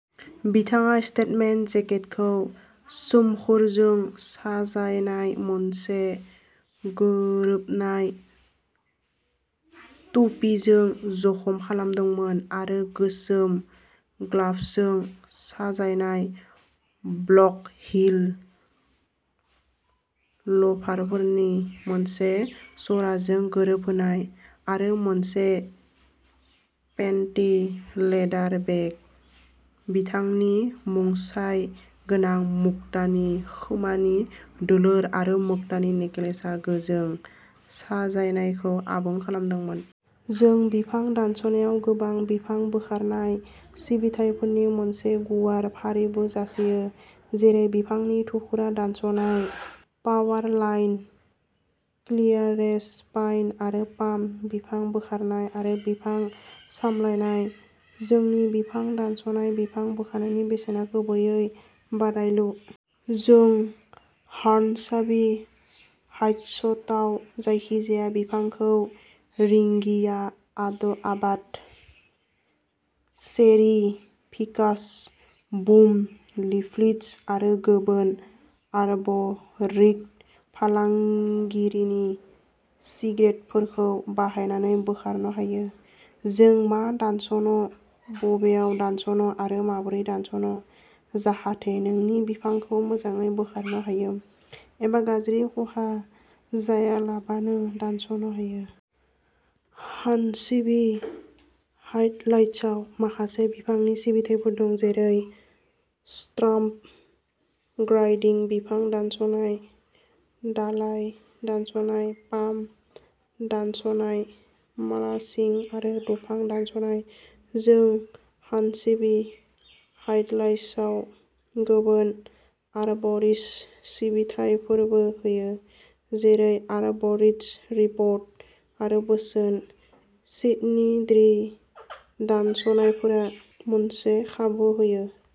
बिथाङा स्टेटमेन्ट जेकेटखौ सोमखोरजों साजायनाय मोनसे गोरोबनाय टुपिजों ज'खालामदोंमोन, आरो गोसोम ग्ल'भजों साजायनाय, ब्लक-हिल ल'फारफोरनि मोनसे जराजों गोरोबहोनाय, आरो मोनसे पेटेन्ट लेदार बेग। बिथांनि मुंसाय गोनां मुक्तानि खोमानि दुलुर आरो मुक्तानि नेकलेसआ गोजों साजायनायखौ आबुं खालामदोंमोन। जों बिफां दानस'नायाव गुबुन बिफां बोखारनाय सिबिथाइफोरनि मोनसे गुवार फारिबो जासियो जेरै बिफांनि थुख्रा दानस'नाय, पावारलाइन क्लियारेन्स पाइन आरो पाम बिफां बोखारनाय आरो बिफां सामलायनाय। जोंनि बिफां दानस'नाय बिफां बोखारनायनि बेसेना गुबैयै बादायलु। जों हर्नस्बी हाइट्सआव जायखिजाया बिफांखौ रिगिं आदब, चेरि पिकार्स, बुम लिफ्ट्स आरो गुबुन आर्ब'रिस्ट फालांगिनि सिक्रेटफोरखौ बाहायनानै बोखारनो हायो। जों मा दानस'नो, बबेयाव दानस'नो, आरो माबोरै दानस'नो, जाहाथे नोंनि बिफांखौ मोजाङै बोखारनो हायो, एबा गाज्रि खहा जायालाबानो दानस'नो हायो। हर्नस्बी हाइट्सआव माखासे बिफांनि सिबिथाइफोर दं, जेरै स्टाम्प ग्राइन्डिं, बिफां दानस'नाय, दालाइ दानस'नाय, पाम दानस'नाय, माल्चिं आरो दंफां दानस'नाय। जों हर्नस्बी हाइट्सआव गुबुन आर्ब'रिस्ट सिबिथाइफोरबो होयो, जेरै आर्ब'रिस्ट रिपर्ट आरो बोसोन। सिडनी ट्री दानस'नायफोरा मोनसे खाबु होयो।